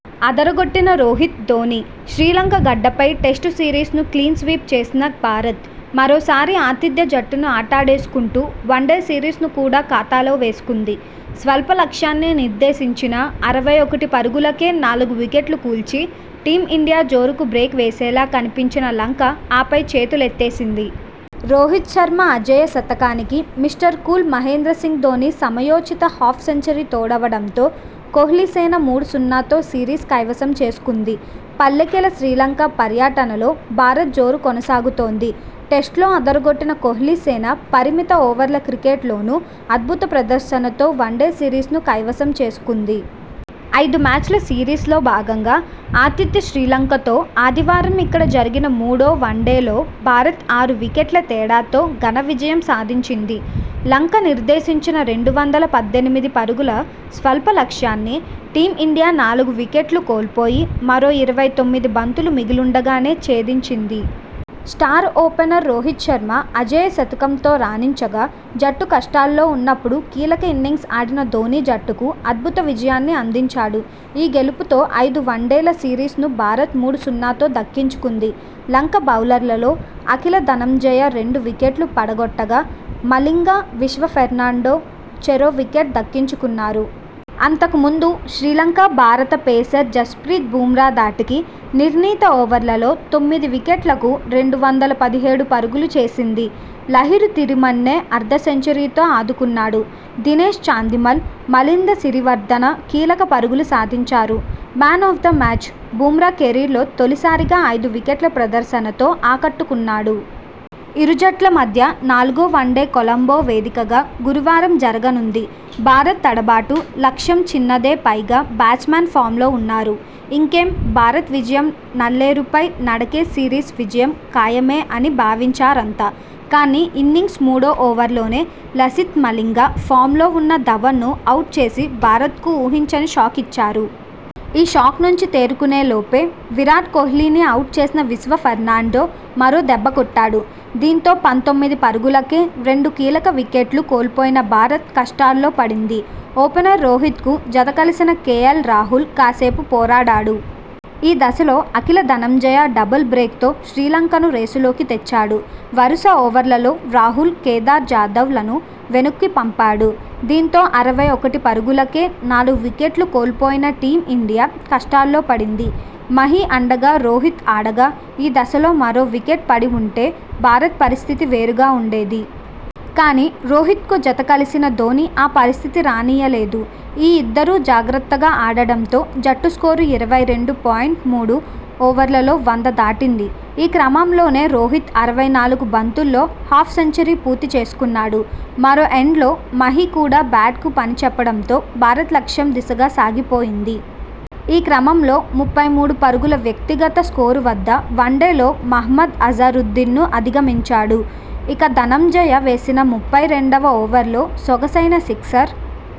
అదరగొట్టిన రోహిత్, ధోనీ. శ్రీలంక గడ్డపై test series ను clean sweep చేసిన భారత్. మరోసారి ఆతిథ్య జట్టును ఆటాడేసుకుంటూ వన్డే సిరీస్ ను కూడా ఖాతాలో వేసుకుంది. స్వల్ప లక్ష్యాన్నే నిర్దేశించినా అరవై ఒకటి పరుగులకే నాలుగు వికెట్లు కూల్చి టీం ఇండియా జోరుకు బ్రేక్ వేసేలా కనిపించిన లంక ఆపై చేతులెత్తేసింది. రోహిత్ శర్మ అజేయ శతకానికి మిస్టర్ కూల్ మహేంద్ర సింగ్ ధోనీ సమయోచిత హాఫ్ సెంచరీ తోడవడంతో కోహ్లీసేన మూడు సున్నాతో సిరీస్ కైవసం చేసుకుంది. పల్లెకెలె శ్రీలంక పర్యటనలో భారత్ జోరు కొనసాగుతోంది. టెస్టులో అదరగొట్టిన కోహ్లీసేన పరిమిత ఓవర్ల క్రికెట్ లోనూ అద్భుత ప్రదర్శనతో వన్డే సిరీస్ ను కైవసం చేసుకుంది. ఐదు మ్యాచ్ల సిరీస్ లో భాగంగా ఆతిథ్య శ్రీలంకతో ఆదివారం ఇక్కడ జరిగిన మూడో వన్డేలో భారత్ ఆరు వికెట్ల తేడాతో ఘన విజయం సాధించింది. లంక నిర్దేశించిన రెండు వందల పద్దెనిమిది పరుగుల స్వల్ప లక్ష్యాన్ని టీం ఇండియా నాలుగు వికెట్లు కోల్పోయి మరో ఇరవై తొమ్మిది బంతులు మిగిలుండగానే ఛేదించింది. స్టార్ ఓపెనర్ రోహిత్ శర్మ అజేయ శతకంతో రాణించగా జట్టు కష్టాల్లో ఉన్నపుడు కీలక ఇన్నింగ్స్ ఆడిన ధోనీ జట్టుకు అద్భుత విజయాన్ని అందించాడు. ఈ గెలుపుతో ఐదు వన్డేల సిరీస్ ను భారత్ మూడు సున్నాతో దక్కించుకుంది. లంక బౌలర్లలో అకిల ధనంజయ రెండు వికెట్లు పడగొట్టగా, మలింగ, విశ్వ ఫెర్నాండో చెరో వికెట్ దక్కించుకున్నారు. అంతకు ముందు శ్రీలంక భారత పేసర్ జస్ప్రీత్ బుమ్రా ధాటికి నిర్ణీత ఓవర్లలో తొమ్మిది వికెట్లకు రెండు వందల పదిహేడు పరుగులు చేసింది. లహిరు తిరిమన్నె అర్ధ సెంచరీతో ఆదుకున్నాడు. దినేష్ చాందిమల్, మిలింద సిరివర్దన కీలక పరుగులు సాధించారు. 'Man of the match' Bumrah కెరీర్లో తొలిసారిగా ఐదు వికెట్ల ప్రదర్శనతో ఆకట్టుకున్నాడు. ఇరు జట్ల మధ్య నాలుగో వన్డే కొలంబో వేదికగా గురువారం జరగనుంది. భారత్ తడబాటు, లక్ష్యం చిన్నదే పైగా బ్యాట్స్మెన్ ఫామ్లో ఉన్నారు. ఇంకేం, భారత్ విజయం నల్లేరుపై నడకే సిరీస్ విజయం ఖాయమే అని భావించారంతా.. కానీ ఇన్నింగ్స్ మూడో ఓవర్ లోనే లసిత్ మలింగ ఫామ్ లో ఉన్న ధవన్ ను అవుట్ చేసి భారత్ కు ఊహించని షాక్ ఇచ్చాడు. ఈ షాక్ నుంచి తేరుకునే లోపే విరాట్ కోహ్లీ ని అవుట్ చేసిన విశ్వ ఫెర్నాండో మరో దెబ్బకొట్టాడు. దీంతో పంతొమ్మిది పరుగులకే రెండు కీలక వికెట్లు కోల్పోయిన భారత్ కష్టాల్లో పడింది. ఓపెనర్ రోహిత్ కు జత కలిసిన కేఎల్ రాహుల్ కాసేపు పోరాడాడు. ఈ దశలో అకిల ధనంజయ డబుల్ బ్రేక్ తో శ్రీలంకను రేసులోకి తెచ్చాడు. వరుస ఓవర్లలో రాహుల్, కేదార్ జాదవ్ లను వెనక్కు పంపాడు. దీంతో అరవై ఒకటి పరుగులకే నాలుగు వికెట్లు కోల్పోయిన టీం ఇండియా కష్టాల్లో పడింది. మహీ అండగా రోహిత్ ఆడగా ఈ దశలో మరో వికెట్ పడి ఉంటే భారత్ పరిస్థితి వేరుగా ఉండేది. కానీ, రోహిత్ కు జతకలిసిన ధోనీ ఆ పరిస్థితి రానీయలేదు. ఈ ఇద్దరూ జాగ్రత్తగా ఆడడంతో జట్టు స్కోరు ఇరవై రెండు పాయింట్ మూడు ఓవర్లలో వంద దాటింది. ఈ క్రమంలోనే రోహిత్ అరవై నాలుగు బంతుల్లో హాఫ్ సెంచరీ పూర్తి చేసుకున్నాడు. మరో ఎండ్ లో మహీ కూడా బ్యాట్ కు పనిచెప్పడంతో భారత్ లక్ష్యం దిశగా సాగిపోయింది. ఈ క్రమంలో ముప్పై మూడు పరుగుల వ్యక్తిగత స్కోరు వద్ద వన్డేల్లో మహ్మద్ అ జరుద్దీన్ ను అధిగమించాడు. ఇక ధనంజయ వేసిన ముప్పై రెండువ ఓవర్లో సొగసైన సిక్సర్